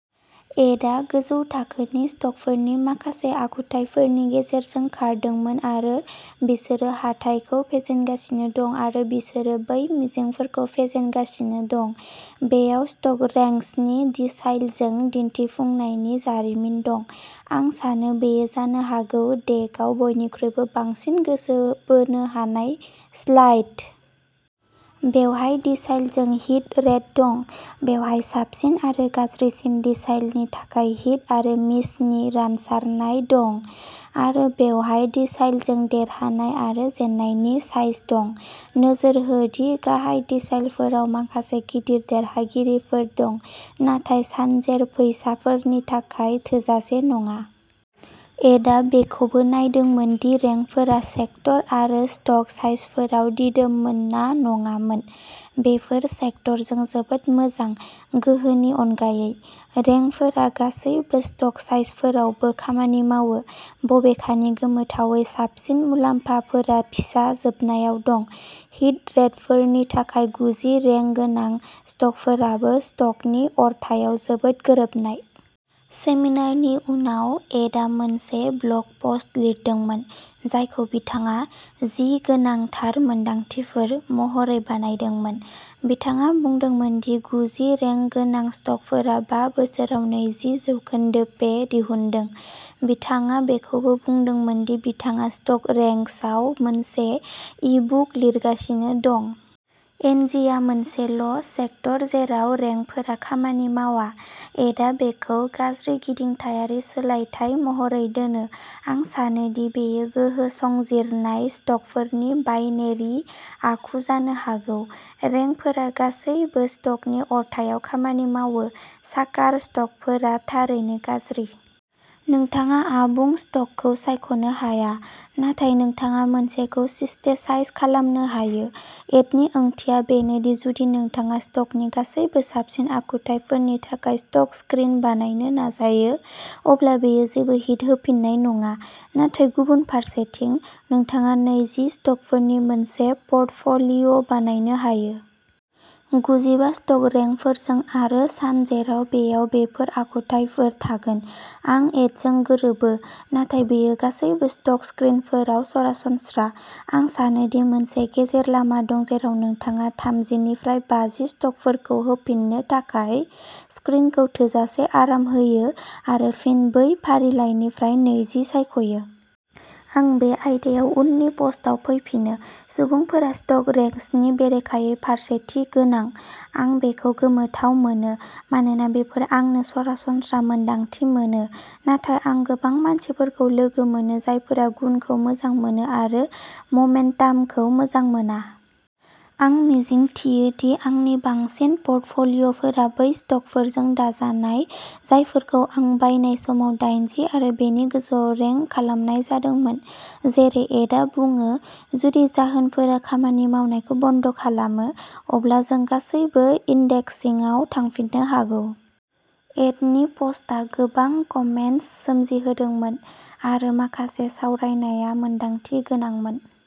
एडआ गोजौ थाखोनि स्टकफोरनि माखासे आखुथायफोरनि गेजेरजों खारदोंमोन आरो बिसोरो हाथाइखौ फेजेनगासिनो दं आरो बिसोरो बै मिजिंफोरखौ फेजेनगासिनो दं। बेयाव स्टकरेंक्सनि डिसाइलजों दिन्थिफुंनायनि जारिमिन दं। आं सानो बेयो जानो हागौ डेकआव बयनिख्रुइबो बांसिन गोसो बोनो हानाय स्लाइड। बेवहाय डिसाइलजों हिट रेट दं। बेवहाय साबसिन आरो गाज्रिसिन डिसाइलनि थाखाय हिट आरो मिसनि रानसारनाय दं आरो बेवहाय डिसाइलजों देरहानाय आरो जेननायनि साइज दं। नोजोर हो दि गाहाय दिसाइलफोराव माखासे गिदिर देरहागिरिफोर दं, नाथाय सानजेर फैसाफोरनि थाखाय थोजासे नङा। एडआ बेखौबो नायदोंमोन दि रेंकफोरा सेक्टर आरो स्टक साइजफोराव दिदोममोन ना नङामोन। बेफोर सेक्टरजों जोबोद मोजां, गोहोनि अनगायै। रेंकफोरा गासैबो स्टक साइजफोरावबो खामानि मावो, बबेखानि गोमोथावै साबसिन मुलाम्फाफोरा फिसा जोबनायाव दं। हिट रेटफोरनि थाखाय गुजि रेंक गोनां स्टकफोराबो स्टकनि अरथायाव जोबोद गोरोबनाय। सेमिनारनि उनाव, एडआ मोनसे ब्लग पस्ट लिरदोंमोन, जायखौ बिथाङा "जि गोनांथार मोनदांथिफोर" महरै बानायदोंमोन। बिथाङा बुंदोंमोन दि गुजि रेंक गोनां स्टकफोरा बा बोसोराव नैजि जौखोनदो पे दिहुनदों। बिथाङा बेखौबो बुंदोंमोन दि बिथाङा स्टक रेंक्सआव मोनसे ईबुक लिरगासिनो दं। एनजिया मोनसेल' सेक्टर जेराव रेंकफोरा खामानि मावा। एडआ बेखौ "गाज्रि गिदिंथायारि सोलायथाय" महरै दोनो। आं सानो दि बेयो गोहो संजिरनाय स्टकफोरनि बाइनेरि आखु जानो हागौ। रेंकफोरा गासैबो स्टकनि अरथायाव खामानि मावो। साकार स्टकफोरा थारैनो गाज्रि। नोंथाङा आबुं स्टकखौ सायख'नो हाया, नाथाय नोंथाङा मोनसेखौ सिस्टेसाइज खालामनो हायो। एडनि ओंथिया बेनो दि जुदि नोंथाङा स्टकनि गासैबो साबसिन आखुथायफोरनि थाखाय स्टक स्क्रिन बानायनो नाजायो, अब्ला बेयो जेबो हिट होफिननाय नङा। नाथाय गुबुन फारसेथिं, नोंथाङा नैजि स्टकफोरनि मोनसे प'र्टफ'लिय' बानायनो हायो। गुजिबा स्टक रेंकफोरजों आरो सानजेराव बेयाव बेफोर आखुथायफोर थागोन। आं एडजों गोरोबो, नाथाय बेयो गासैबो स्टक स्क्रिनफोराव सरासनस्रा। आं सानो दि मोनसे गेजेर लामा दं जेराव नोंथाङा थामजि निफ्राय बाजि स्टकफोरखौ होफिन्नो थाखाय स्क्रिनखौ थोजासे आराम होयो, आरो फिन बै फारिलाइनिफ्राय नैजि सायख'यो। आं बे आयदायाव उननि पस्टआव फैफिनो। सुबुंफोरा स्टक रेंक्सनि बेरेखायै फारसेथि गोनां। आं बेखौ गोमोथाव मोनो, मानोना बेफोर आंनो सरासनस्रा मोनदांथि मोनो, नाथाय आं गोबां मानसिफोरखौ लोगो मोनो जायफोरा गुनखौ मोजां मोनो आरो ममेन्टामखौ मोजां मोना। आं मिजिंथियो दि आंनि बांसिन प'र्टफ'लिय'फोरा बै स्टकफोरजों दाजानाय जायफोरखौ आं बायनाय समाव दाइनजि आरो बेनि गोजौआव रेंक खालामनाय जादोंमोन। जेरै एडआ बुङो, जुदि जाहोनफोरा खामानि मावनायखौ बन्द' खालामो, अब्ला जों गासैबो इन्डेक्सिंआव थांफिननो हागौ। एडनि प'स्टआ गोबां कमेन्ट्स सोमजिहोदोंमोन, आरो माखासे सावरायनाया मोनदांथि गोनांमोन।